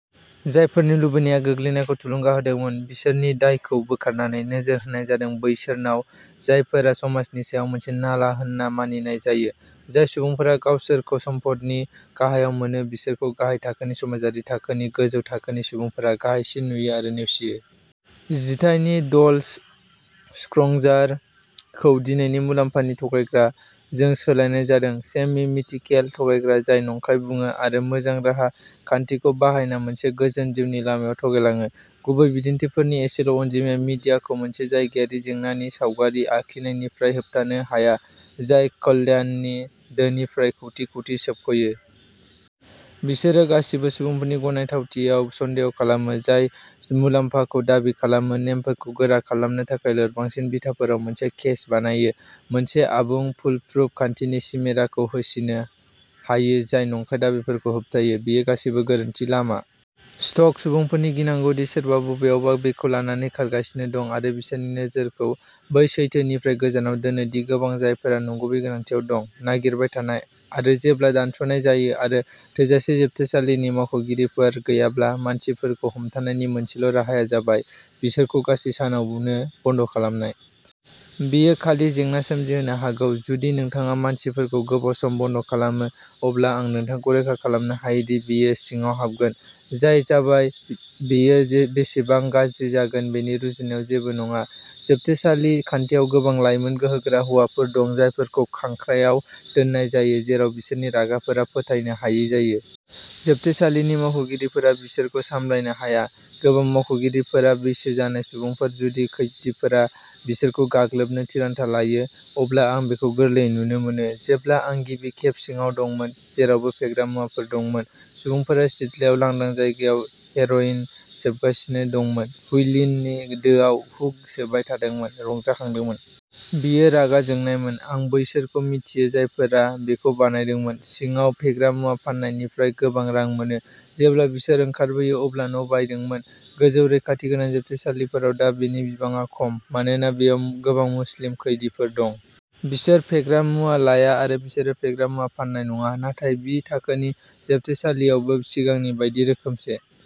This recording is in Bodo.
जायफोरनि लुबैनाया गोग्लैनायखौ थुलुंगा होदोंमोन, बिसोरनि दायखौ बोखारनानै, नोजोर होनाय जादों बैसोरनाव जायफोरा समाजनि सायाव मोनसे नाला होनना मानिनाय जायो। जाय सुबुंफोरा गावसोरखौ सम्फदनि गाहायाव मोनो, बिसोरखौ गाहाय थाखोनि समाजारि थाखोनि गोजौ थाखोनि सुबुंफोरा गाहायसिन नुयो आरो नेवसियो। जिथाइनि "ड'ल स्क्रंजार" खौ दिनैनि "मुलाम्फानि थगायग्रा" जों सोलायनाय जादोंः सेमि-मिथिकेल थगायग्रा जाय नंखाय बुङो आरो मोजां राहा खान्थिखौ बाहायना मोनसे गोजोन जिउनि लामायाव थगायलाङो। गुबै बिदिन्थिफोरनि एसेल'अनजिमाया मिडियाखौ मोनसे जायगायारि जेंनानि सावगारि आखिनायनिफ्राय होबथानो हाया, जाय कल्याणनि दोनिफ्राय कौटि कौटि सोबख'यो। बिसोरो गासिबो सुबुंफोरनि गनायथावथियाव सन्देह खालामो, जाय मुलाम्फाखौ दाबि खालामो, नेमफोरखौ गोरा खालामनो थाखाय लोरबांसिन बिथाफोराव मोनसे केस बानायो, मोनसे आबुं, फुलप्रुफ खान्थिनि चिमेराखौ होसिनो हायो जाय नंखाय दाबिफोरखौ होबथायो। बेयो गासैबो गोरोन्थि लामा। स्ट'क सुबुंफोरनि गिनांगौ दि सोरबा बबेयावबा बेखौ लानानै खारगासिनो दं, आरो बिसोरनि नोजोरखौ बे सैथोनिफ्राय गोजानाव दोनो दि गोबां जायफोरा नंगुबै गोनांथिआव दं। नागिरबाय थानाय। आरो जेब्ला दानस'नाय जायो, आरो थोजासे जोबथेसालिनि मावख'गिरिफोर गैयाब्ला, मानसिफोरखौ हमथानायनि मोनसेल'राहाया जाबाय बिसोरखौ गासै सानावनो बन्द'खालामनाय। बेयो खालि जेंना सोमजिहोनो हागौ। जुदि नोंथाङा मानसिफोरखौ गोबाव सम बन्द'खालामो, अब्ला आं नोंथांखौ रोखा खालामनो हायो दि बेयो सिङाव हाबगोन। जाय जाबाय बेयो बेसेबां गाज्रि जागोन बेनि रुजुनायाव जेबो नङा। जोबथेसालि खान्थियाव गोबां लाइमोन, गोहोगोरा हौवाफोर दं, जायफोरखौ खांख्रायाव दोननाय जायो जेराव बिसोरनि रागाफोरा फोथायनो हायै जायो। जोबथेसालिनि मावख'गिरिफोरा बिसोरखौ सामलायनो हाया। गोबां मावख'गिरिफोरा बैसो जानाय सुबुंफोर-जुदि खैदिफोरा बिसोरखौ गाग्लोबनो थिरांथा लायो, अब्ला आं बेखौ गोरलैयै नुनो मोनो। जेब्ला आं गिबि खेब सिङाव दंमोन, जेरावबो फेग्रा मुवाफोर दंमोन। सुबुंफोरा सिथ्लायाव लांदां जायगायाव हेर'इन सोबगासिनो दंमोन, हुइलिननि दोआव हुख सोबाय थादोंमोन, रंजाखांदोंमोन। बेयो रागा जोंनायमोन। आं बैसोरखौ मिथियो जायफोरा बेखौ बानायदोंमोन। सिङाव फेग्रा मुवा फाननायनिफ्राय गोबां रां मोनो, जेब्ला बिसोर ओंखारबोयो अब्ला न'बायदोंमोन। गोजौ रैखाथि गोनां जोबथेसालिफोराव दा बेनि बिबाङा खम, मानोना बेयाव गोबां मुस्लिम खैदीफोर दं। बिसोर फेग्रा मुवा लाया आरो बिसोरो फेग्रा मुवा फाननाय नङा। नाथाय बि थाखोनि जोबथेसालियावबो सिगांनि बायदि रोखोमसे।